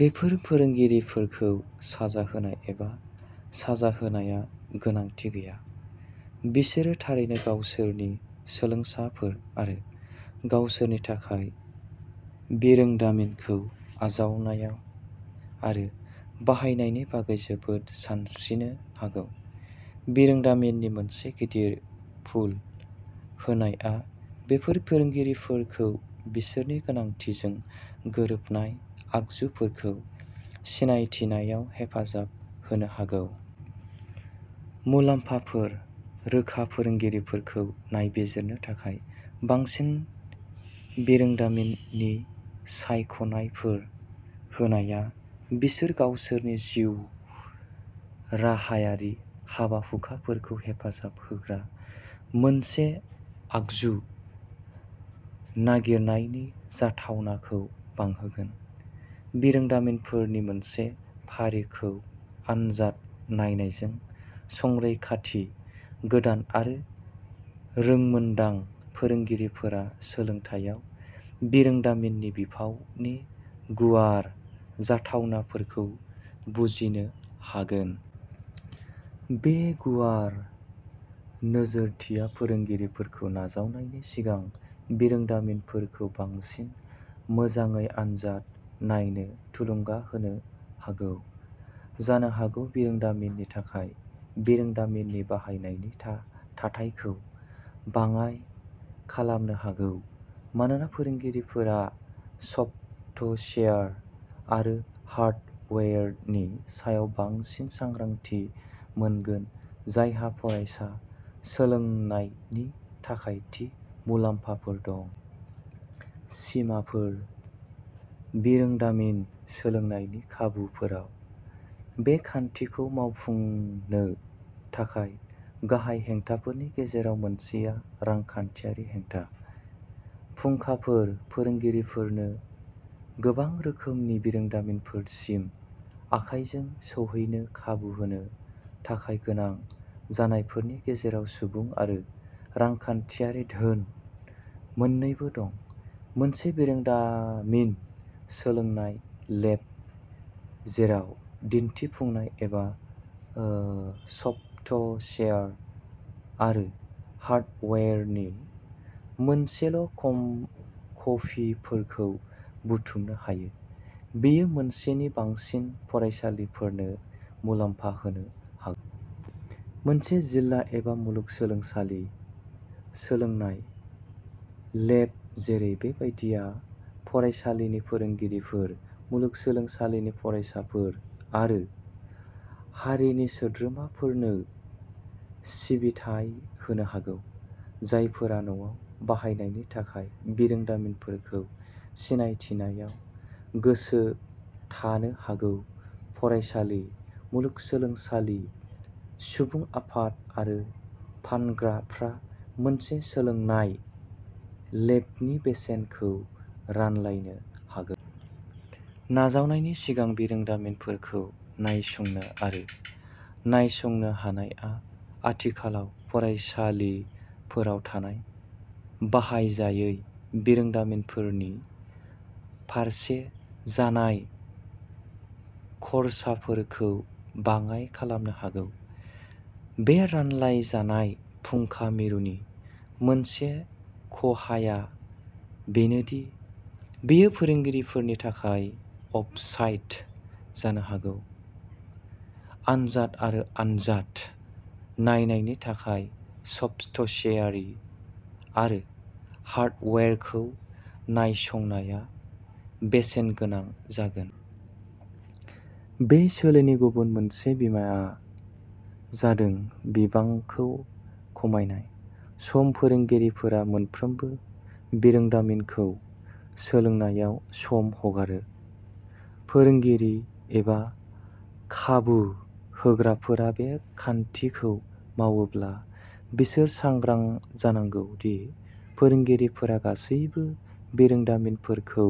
बेफोर फोरोंगिरिफोरखौ साजा होनाय एबा साजा होनाया गोनांथि गैया; बिसोरो थारैनो गावसोरनि सोलोंसाफोर आरो गावसोरनि थाखाय बिरोंदामिनखौ आजावनायाव आरो बाहायनायनि बागै जोबोद सानस्रिनो हागौ। बिरोंदामिननि मोनसे गिदिर पुल होनायआ बेफोर फोरोंगिरिफोरखौ बिसोरनि गोनांथिजों गोरोबनाय आगजुफोरखौ सिनायथिनायाव हेफाजाब होनो हागौ। मुलाम्फाफोर। रोखा, फोरोंगिरिफोरखौ नायबिजिरनो थाखाय बांसिन बिरोंदामिननि सायख'नायफोर होनाया बिसोर गावसोरनि जिउराहायारि हाबा-हुखाफोरखौ हेफाजाब होग्रा मोनसे आगजु नागिरनायनि जाथावनाखौ बांहोगोन। बिरोंदामिनफोरनि मोनसे फारिखौ आनजाद नायनायजों, संरैखाथि, गोदान आरो रोंमोन्दां फोरोंगिरिफोरा सोलोंथायाव बिरोंदामिननि बिफावनि गुवार जाथावनाफोरखौ बुजिनो हागोन। बे गुवार नोजोरथिया फोरोंगिरिफोरखौ नाजावनायनि सिगां बिरोंदामिनफोरखौ बांसिन मोजाङै आनजाद नायनो थुलुंगा होनो हागौ, जानो हागौ बिरोंदामिननि थाखाय बिरोंदामिननि बाहायनायनि था थाथायखौ बाङाइ खालामनो हागौ, मानोना फोरोंगिरिफोरा सफ्टसेयार आरो हार्डवेयेरनि सायाव बांसिन सांग्रांथि मोनगोन जायहा फरायसा सोलोंनायनि थाखाय थि मुलाम्फाफोर दं। सिमाफोर। बिरोंदामिन-सोलोंनायनि खाबुफोराव बे खान्थिखौ मावफुंनो थाखाय गाहाय हेंथाफोरनि गेजेराव मोनसेआ रांखान्थियारि हेंथा। फुंखाफोर फोरोंगिरिफोरनो गोबां रोखोमनि बिरोंदामिनफोरसिम आखायजों सौहैनो खाबु होनो थाखाय गोनां जानायफोरनि गेजेराव सुबुं आरो रांखान्थियारि धोन मोन्नैबो दं। मोनसे बिरोंदामिन सोलोंनाय लेब जेराव दिन्थिफुंनाय एबा ओ सफ्टसेयार आरो हार्डवेरनि मोनसेल'खम कपिफोरखौ बुथुमनो हायो, बेयो मोनसेनि बांसिन फरायसालिफोरनो मुलाम्फा होनो हागौ। मोनसे जिल्ला एबा मुलुग सोलोंसालि सोलोंनाय लेब जेरै बे बायदिआ फरायसालिनि फोरोंगिरिफोर, मुलुग सोलोंसालिनि फरायसाफोर आरो हारिनि सोद्रोमाफोरनो सिबिथाय होनो हागौ, जायफोरा न'आव बाहायनायनि थाखाय बिरोंदामिनफोरखौ सिनायथिनायाव गोसो थानो हागौ। फरायसालि, मुलुगसोलोंसालि, सुबुं आफाद आरो फानग्राफ्रा मोनसे सोलोंनाय लेबनि बेसेनखौ रानलायनो हागौ। नाजावनायनि सिगां बिरोंदामिनफोरखौ नायसंनो आरो नायसंनो हानायआ आथिखालाव फरायसालिफोराव थानाय बाहायजायै बिरोंदामिनफोरनि फारसे जानाय खर्साफोरखौ बाङाय खालामनो हागौ। बे रानलायजानाय फुंखा मिरुनि मोनसे खहाया बेनो दि बेयो फोरोंगिरिफोरनि थाखाय अफसाइट जानो हागौ। आनजाद आरो आनजाद नायनायनि थाखाय सफस्टसेयारिं आरो हार्डवेरखौ नायसंनाया बेसेनगोनां जागोन। बे सोलोनि गुबुन मोनसे बिमाया जादों बिबांखौ खमायनाय। सम फोरोंगिरिफोरा मोनफ्रोमबो बिरोंदामिनखौ सोलोंनायाव सम हगारो। फोरोंगिरि एबा खाबु होग्राफोरा बे खान्थिखौ मावोब्ला, बिसोर सांग्रां जानांगौ दि फोरोंगिरिफोरा गासैबो बिरोंदामिनफोरखौ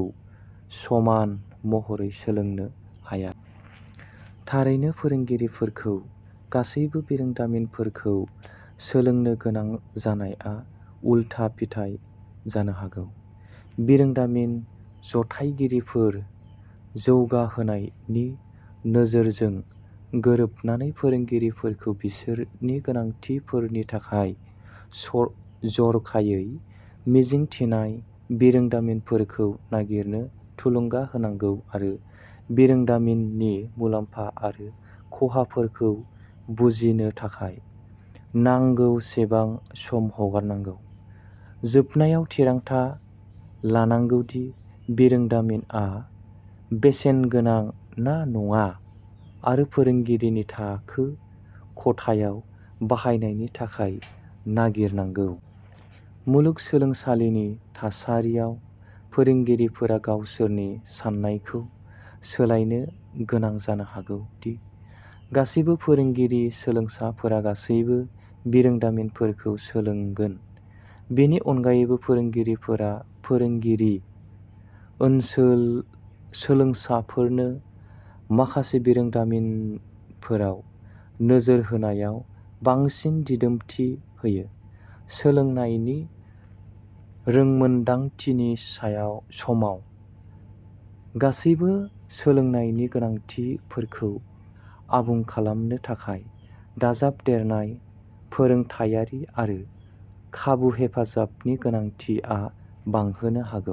समान महरै सोलोंनो हाया। थारैनो, फोरोंगिरिफोरखौ गासैबो बिरोंदामिनफोरखौ सोलोंनो गोनां जानाय आ उलथा फिथाय जानो हागौ। बिरोंदामिन जथायगिरिफोर जौगाहोनायनि नोजोरजों गोरोबनानै, फोरोंगिरिफोरखौ बिसोरनि गोनांथिफोरनि थाखाय सट जरखायै मिजिं थिनाय बिरोंदामिनफोरखौ नागिरनो थुलुंगा होनांगौ आरो बिरोंदामिननि मुलाम्फा आरो खहाफोरखौ बुजिनो थाखाय नांगौसेबां सम हगारनांगौ, जोबनायाव थिरांथा लानांगौ दि बिरोंदामिनआ बेसेनगोनां ना नङा आरो फोरोंगिरिनि थाखो खथायाव बाहायनायनि थाखाय नागिरनांगौ। मुलुग सोलोंसालिनि थासारियाव, फोरोंगिरिफोरा गावसोरनि सान्नायखौ सोलायनो गोनां जानो हागौ दि गासैबो फोरोंगिरि-सोलोंसाफोरा गासैबो बिरोंदामिनफोरखौ सोलोंगोन। बेनि अनगायैबो, फोरोंगिरिफोरा फोरोंगिरि ओनसोल सोलोंसाफोरनो माखासे बिरोंदामिनफोराव नोजोर होनायाव बांसिन दिदोमथि होयो, सोलोंनायनि रोंमोनदांथिनि सायाव समाव गासैबो सोलोंनायनि गोनांथिफोरखौ आबुं खालामनो थाखाय दाजाबदेरनाय फोरोंथायारि आरो खाबु हेफाजाबनि गोनांथिआ बांहोनो हागौ।